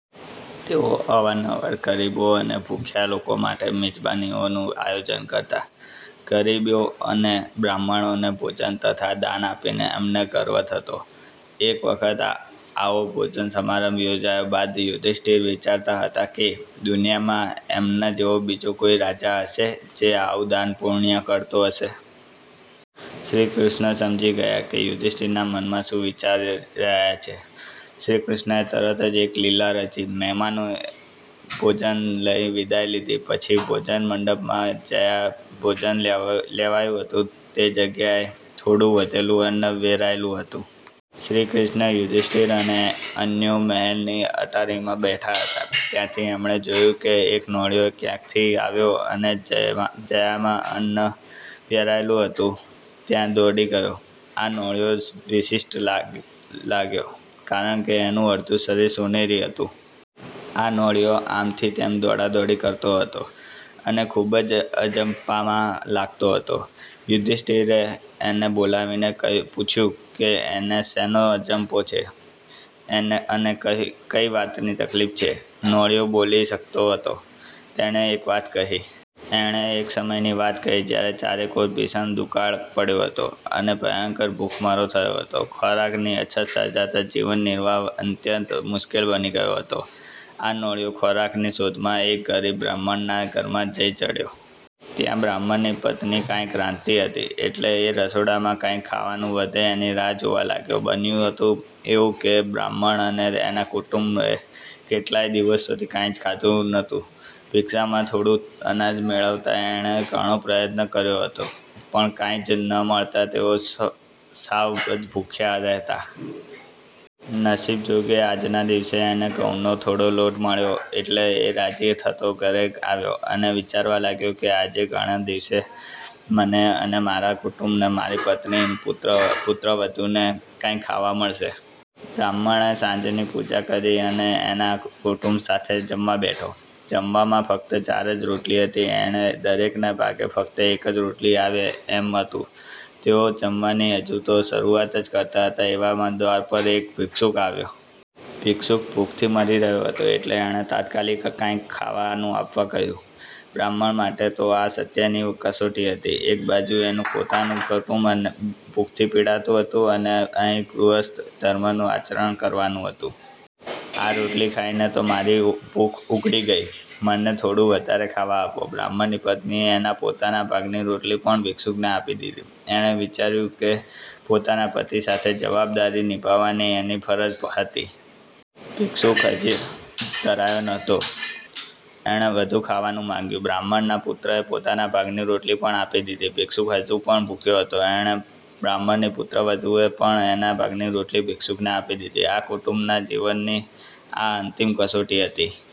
તેઓ અવારનવાર ગરીબો અને ભૂખ્યા લોકો માટે મિજબાનીઓનું આયોજન કરતા. ગરીબો અને બ્રાહ્મણોને ભોજન તથા દાન આપીને એમને ગર્વ થતો. એક વખત આવો ભોજન સમારંભ યોજયા બાદ યુધિષ્ઠિર વિચારતા હતા કે દુનિયામાં એમના જેવો બીજો કોઈ રાજા હશે જે આવું દાનપૂણ્ય કરતો હોય? શ્રીકૃષ્ણ સમજી ગયા કે યુધિષ્ઠિર મનમાં શું વિચારી રહ્યા છે. શ્રીકૃષ્ણએ તરત જ એક લીલા રચી! મહેમાનોએ ભોજન લઇ વિદાઈ લીધી પછી ભોજનમંડપમાં જયાં ભોજન લેવાયું હતું તે જગ્યાએ થોડું વધેલું અન્ન વેરાયેલું હતું. શ્રીકૃષ્ણ, યુધિષ્ઠિર અને અન્યો મહેલની અટારીમાં બેઠા હતા ત્યાંથી એમણે જોયું કે એક નોળિયો ક્યાંકથી આવ્યો અને જયાં અન્ન વેરાયેલું હતું ત્યાં દોડી ગયો. આ નોળિયો વિશિષ્ઠ લાગ્યો કારણકે એનું અડધું શરીર સોનેરી હતું! આ નોળિયો આમ થી તેમ દોડાદોડી કરતો હતો અને ખુબ જ અજંપામાં લાગતો હતો. યુધિષ્ઠિરે એને બોલાવીને પૂછ્યું કે એને શેનો અજંપો છે અને કઈ વાતની તકલીફ છે? નોળિયો બોલી શકતો હતો. એણે એક વાત કહી. એણે એક સમયની વાત કહી જયારે ચારેકોર ભીષણ દુકાળ પડ્યો હતો અને ભયંકર ભૂખમરો થયો હતો. ખોરાકની અછત સર્જાતાં જીવનનિર્વાહ અત્યંત મુશ્કેલ બની ગયો હતો. આ નોળિયો ખોરાકની શોધમાં એક ગરીબ બ્રાહ્મણના ઘરમાં જઈ ચડ્યો. ત્યાં બ્રાહ્મણની પત્ની કાંઇક રાંધતી હતી એટલે એ રસોડામાં કાંઇક ખાવાનું વધે એની રાહ જોવા લાગ્યો. બન્યું હતું એવું કે બ્રાહ્મણ અને એના કુટુંબે કેટલાય દિવસોથી કાંઈ જ ખાધું નહોતું. ભિક્ષામાં થોડું અનાજ મેળવવા એણે ઘણો પ્રયત્ન કર્યો હતો પણ કાંઈ જ ન મળતાં તેઓ સાવ જ ભૂખ્યા રહેતા. નસીબ જોગે આજના દિવસે એને ઘઉંનો થોડો લોટ મળ્યો એટલે એ રાજી થતો ઘરે આવ્યો અને વિચારવા લાગ્યો કે આજે ઘણે દિવસે મને અને મારા કુટુંબને મારી પત્ની, પુત્ર, પુત્રવધૂ ને કાંઈક ખાવા મળશે. બ્રાહ્મણે સાંજની પૂજા કરી અને એના કુટુંબ સાથે જમવા બેઠો. જમવામાં ફક્ત ચાર જ રોટલી હતી એટલે દરેકને ભાગે ફક્ત એક જ રોટલી આવે એમ હતું! તેઓ જમવાની હજુ તો શરૂઆત જ કરતા હતા એવામાં દ્વાર પર એક ભિક્ષુક આવ્યો. ભિક્ષુક ભૂખથી મરી રહ્યો હતો એટલે એણે તાત્કાલિક કાંઇક ખાવાનું આપવા કહ્યું. બ્રાહ્મણ માટે તો આ સત્યની કસોટી હતી! એક બાજુ એનું પોતાનું કુટુંબ ભૂખથી પીડાતું હતું અને અહીં ગૃહસ્થ ધર્મનું આચરણ કરવાનું હતું! આ રોટલી ખાઈને તો મારી ભૂખ ઉઘડી ગઈ. મને થોડું વધારે ખાવા આપો". બ્રાહ્મણની પત્નીએ એના પોતાના ભાગની રોટલી પણ ભિક્ષુકને આપી દીધી. એણે વિચાર્યું કે પોતાના પતિ સાથે જવાબદારી નિભાવવાની એની ફરજ હતી. ભિક્ષુક હજુ ધરાયો નહોતો. એણે વધુ ખાવાનું માંગ્યું. બ્રાહ્મણના પુત્રએ પોતાના ભાગની રોટલી પણ આપી દીધી. ભિક્ષુક હજુ પણ ભૂખ્યો હતો એટલે બ્રાહ્મણની પુત્રવધૂએ પણ એના ભાગની રોટલી ભિક્ષુકને આપી દીધી. આ કુટુંબના જીવનની આ અંતિમ કસોટી હતી.